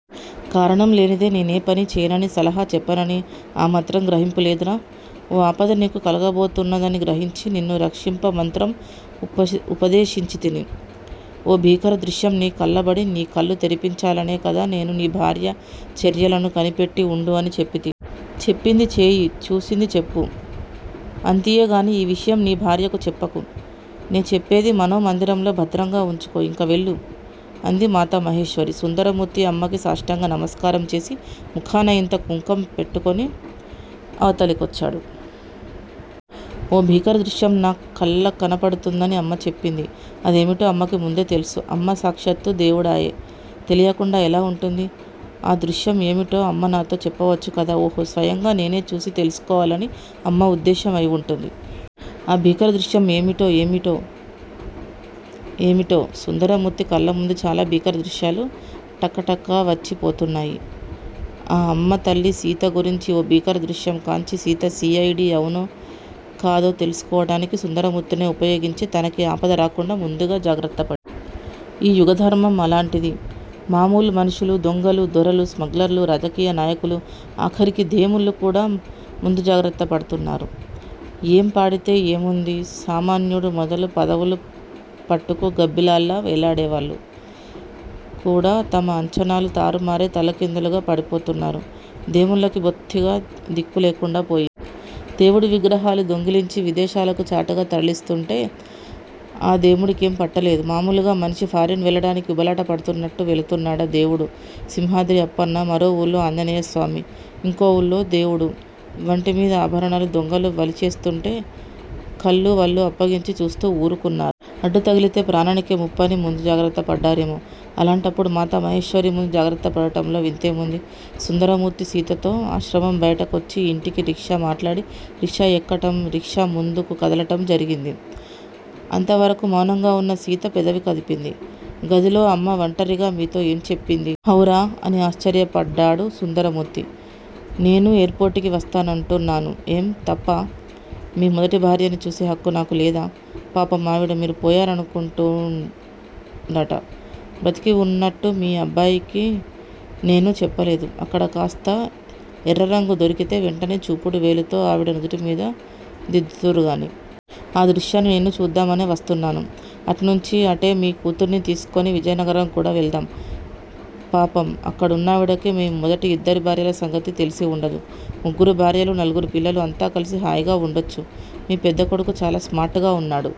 కారణం లేనిదే నేనే పని చేయనని సలహా చెప్పనని ఆ మాత్రం గ్రహింపు లేదురా. ఓ ఆపద నీకు కలగబోతున్నదని గ్రహించి నిన్ను రక్షింప మంత్రం ఉపదేశించితిని ఓ భీకర దృశ్యం నీ కళ్ళబడి నీ కళ్ళు తెరిపించాలనే కదా నేను నీ భార్య చర్యలను కనిపెట్టి ఉండు అని చెప్పితి. చెప్పింది చేయి చూసింది చెప్పు అంతియే గాని ఈ విషయం నీ భార్యకు చెప్పకు. నే చెప్పేది మనో మందిరంలో భద్రంగా ఉంచుకో ఇంక వెళ్ళు. అంది మాతా మహేశ్వరీ. సుందరమూర్తి అమ్మకి సాష్టాంగ నమస్కారం చేసి ముఖాన ఇంత కుంకం మెత్తుకుని ఇవతలి కొచ్చాడు. ఓ భీకర దృశ్యం నా కళ్ళ కనపడుతుందని అమ్మ చెప్పింది. అదేమిటో అమ్మకి ముందే తెల్సు. అమ్మ సాక్షాత్తూ దేవుడాయే. తెలియకుండా ఎలా వుంటుంది. ఆ దృశ్యం ఏమిటో అమ్మ నాతో చెప్పవచ్చు కదా! ఓహో స్వయంగా నేనే చూసి తెల్సుకోవాలని అమ్మ ఉద్దేశం అయివుంటుంది. ఆ భీకర దృశ్యం ఏమిటో ఏమిటో! ఏమిటో? సుందరమూర్తి కళ్ళముందు చాలా భీకర దృశ్యాలు టకటక వచ్చిపోతున్నాయి. ఆ అమ్మ తల్లి సీత గురించి ఓ భీకర దృశ్యం కాంచి సీత సి. ఐ. డి అవునో కాదో తెల్సుకోవటానికి సుందరమూర్తినే ఉపయోగించి తనకి ఆపద రాకుండా ముందు జాగ్రత్తప ఈ యుగధర్మం అలాంటిది, మామూలు మనుషులు, దొంగలు, దొరలు, స్మగ్లర్లు, రాజకీయ నాయకులు ఆఖరికి దేముళ్ళు కూడా ముందు జాగ్రత్త పడుతున్నారు. ఏం పాడితే ఏ ముంది సామాన్యుడు మొదలు పదవులు పట్టుకు గబ్బిలాల్లా వేలేడేవాళ్ళు కూడా తమ అంచనాలు తారుమారై తలకిందులుగా పడిపోతున్నారు. దేముల్లకి బొత్తిగా దిక్కు లేకుండా పోయింది. దేవుడి విగ్రహాలు దొంగలించి విదేశాలకు చాటుగా తరలిస్తుంటే ఆ దేముడికేం పట్టలేదు. మామూలుగా మనిషి ఫారిన్ వెళ్ళటానికి ఉబలాట పడుతున్నట్టు వెడుతున్నడా దేవుడు సింహాద్రి అప్పన్న, మరో వూళ్ళో ఆంజనేయస్వామి, ఇంకో వూళ్ళో దేవుడు వంటి మీద ఆభరణాలు దొంగలు వలిచేస్తుంటే కళ్ళు వళ్ళు అప్పగించి చూస్తూ వురుకున్నాడు. అడ్డుతగిలితే ప్రాణానికే ముప్పని ముందు జాగ్రత్తపడ్డారేమో, అలాంటప్పుడు మాతా మహేశ్వరీ ముందు జాగ్రత్త పడటంలో వింతేముంది. సుందరమూర్తి సీతతో ఆశ్రమం బయటికొచ్చి ఇంటికి రిక్షా మాట్లాడి రిక్షా ఎక్కటం రిక్షా ముందుకు కదలటం జరిగింది. అంత వరకూ మౌనంగా ఉన్న సీత పెదవి కదిపింది. గదిలో అమ్మ వంటరిగా మీతో ఏం చెప్పింది? హౌరా! అని ఆశ్చర్యపడ్డాడు సుందరమూర్తి. నేనూ ఎయిర్ పోర్ట్ కి వస్తానంటున్నాను. ఏం! తప్పా మీ మొదటి భార్యని చూసే హక్కు నాకులేదా? పాపం ఆవిడ మీరు పోయారనుకుంటూందట. బ్రతికి వున్నట్టు మీ అబ్బాయికి నేనూ చెప్పలేదు. అక్కడ కాస్త ఎర్రరంగు దొరికితే వెంటనే చూపుడు వేలుతో ఆవిడ నుదుటమీద దిద్దుదురుగాని. ఆ దృశ్యాన్ని నేనూ చూద్దామనే వస్తున్నాను. అట్నుంచి అటే మీ కూతుర్ని తీసుకుని విజయనగరం కూడా వెళ్దాం. పాపం అక్కడున్నావిడకి మీ మొదటి ఇద్దరి భార్యల సంగతి తెలిసి వుండదు. ముగ్గురు భార్యలు నలుగురు పిల్లలు అంతా కలిసి హాయిగా వుండొచ్చు. మీ పెద్ద కొడుకు చాలా స్మార్ట్ గా వున్నాడు.